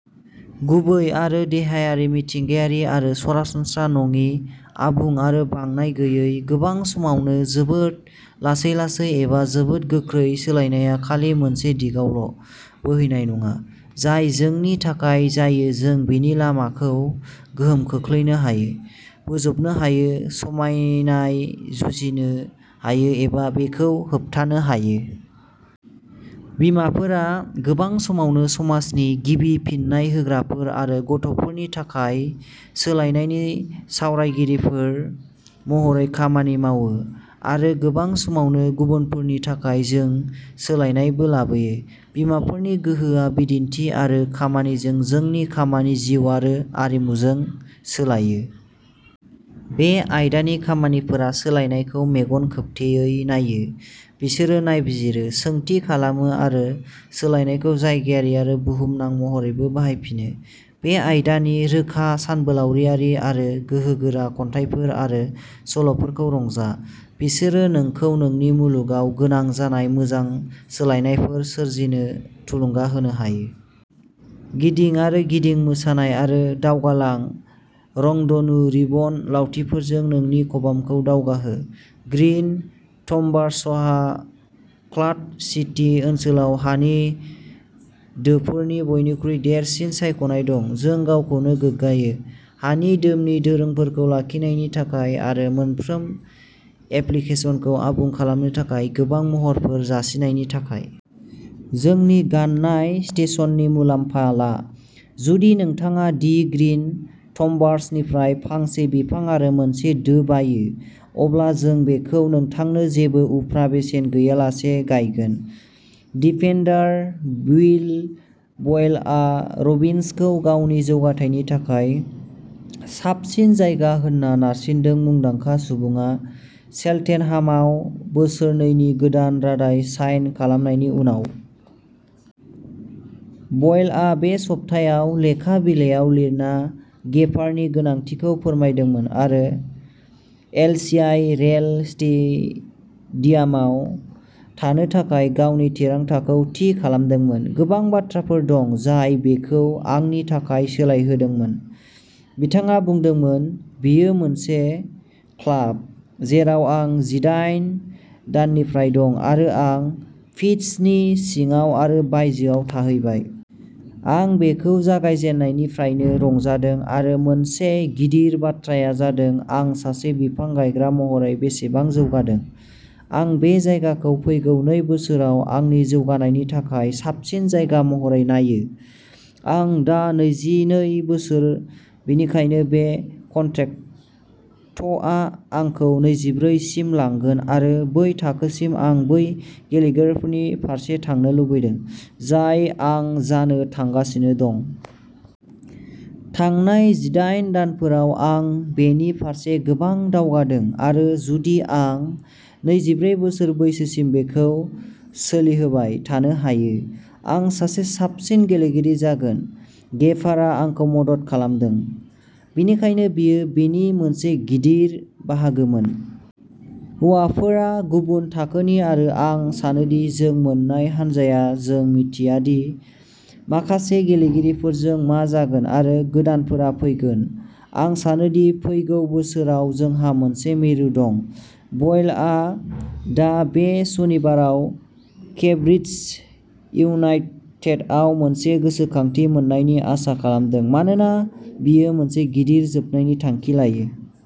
गुबै आरो देहायारि मिथिंगायारि आरो सरासनस्रा नङि, आबुं आरो बांनाय गैयै, गोबां समावनो जोबोद लासै-लासै एबा जोबोद गोख्रै सोलायनायआ खालि मोनसे दिगावल' बोहैनाय नङा, जाय जोंनि थाखाय जायो जों बेनि लामाखौ गोहोम खोख्लैनो हायो, बोजबनो हायो, समायनाय जुजिनो हायो एबा बेखौ होबथानो हायो। बिमाफोरा गोबां समावनो समाजनि गिबि फिन्नाय होग्राफोर आरो गथ'फोरनि थाखाय सोलायनायनि सावरायगिरिफोर महरै खामानि मावो आरो गोबां समावनो गुबुनफोरनि थाखाय जों सोलायनायबो लाबोयो। बिमाफोरनि गोहोमआ बिदिन्थि आरो खामानिजों जोंनि खामानि जिउ आरो आरिमुजों सोलायो। बे आयदानि खामानिफोरा सोलायनायखौ मेगन खोबथेयै नायो बिसोरो नायबिजिरो, सोंथि खालामो आरो सोलायनायखौ जायगायारि आरो बुहुमनां महरैबो बाहायफिनो। बे आयदानि रोखा सानबोलावरियारि आरो गोहोगोरा खन्थाइफोर आरो सल'फोरखौ रंजा। बिसोरो नोंखौ नोंनि मुलुगाव गोनां जानाय मोजां सोलायनायफोर सोरजिनो थुलुंगा होनो हायो। गिदिं आरो गिदिं मोसानाय आरो दावगालां रंधनु रिबन लावथिफोरजों नोंनि खबामखौ दावगाहो। ग्रीन थम्बार्सहा क्वाड सिटी ओनसोलाव हानि दोफोरनि बयनिख्रुइ देरसिन सायख'नाय दं। जों गावखौनो गोग्गायो! हानि दोमनि दोरोंफोरखौ लाखिनायनि थाखाय आरो मोनफ्रोम एप्लिकेसनखौ आबुं खालामनो थाखाय गोबां महरफोर जासिनायनि थाखाय। जोंनि गायनाय स्टेशननि मुलाम्फा ला। जुदि नोंथाङा दि ग्रिन थम्बार्सनिफ्राय फांसे बिफां आरो मोनसे दो बायो, अब्ला जों बेखौ नोंथांनो जेबो उफ्रा बेसेन गैयालासे गायगोन। डिफेन्डार विल बयलआ र'बिन्सखौ गावनि जौगाथायनि थाखाय साबसिन जायगा होनना नारसिनदों मुंदांखा सुबुंआ चेल्टेनहामाव बोसोरनैनि गोदान रादाय साइन खालामनायनि उनाव। बयलआ बे सप्तायाव लेखा बिलाइयाव लिरना गेफारनि गोनांथिखौ फोरमायदोंमोन आरो एलसिआइ रेल स्टेडियामाव थानो थाखाय गावनि थिरांथाखौ थि खालामदोंमोन। गोबां बाथ्राफोर दं जाय बेखौ आंनि थाखाय सोलायहोदोंमोन, बिथाङा बुंदोंमोन। बेयो मोनसे क्लाब जेराव आं जिदायन दाननिफ्राय दं आरो आं पिच्चनि सिङाव आरो बायजोआव थाहैबाय। आं बेखौ जागायजेन्नायनिफ्रायनो रंजादों आरो मोनसे गिदिर बाथ्राया जादों आं सासे बिफां गायग्रा महरै बेसेबां जौगादों। आं बे जायगाखौ फैगौ नै बोसोराव आंनि जौगानायनि थाखाय साबसिन जायगा महरै नायो। आं दा नैजिनै बोसोर, बेनिखायनो बे कन्ट्रेक्टआ आंखौ नैजिब्रै सिम लांगोन आरो बै थाखोसिम आं बै गेलेगिरिनि फारसे थांनो लुबैदों, जाय आं जानो थांगासिनो दं। थांनाय जिदायन दानफोराव आं बेनि फारसे गोबां दावगादों आरो जुदि आं नैजिब्रै बोसोर बैसोसिम बेखौ सोलिहोबाय थानो हायो, आं सासे साबसिन गेलेगिरि जागोन। गेफारआ आंखौ मदद खालामदों, बेनिखायनो बियो बेनि मोनसे गिदिर बाहागोमोन। हौवाफोरा गुबुन थाखोनि आरो आं सानोदि जों मोननाय हानजाया, जों मिथिया दि माखासे गेलेगिरिफोरजों मा जागोन आरो गोदानफोरा फैगोन, आं सानोदि फैगौ बोसोराव जोंहा मोनसे मिरु दं। बयलआ दा बे सनिबाराव केम्ब्रिज इउनाइटेडआव मोनसे गोसोखांथि मोन्नायनि आसा खालामदों मानोना बियो मोनसे गिदिर जोबनायनि थांखि लायो।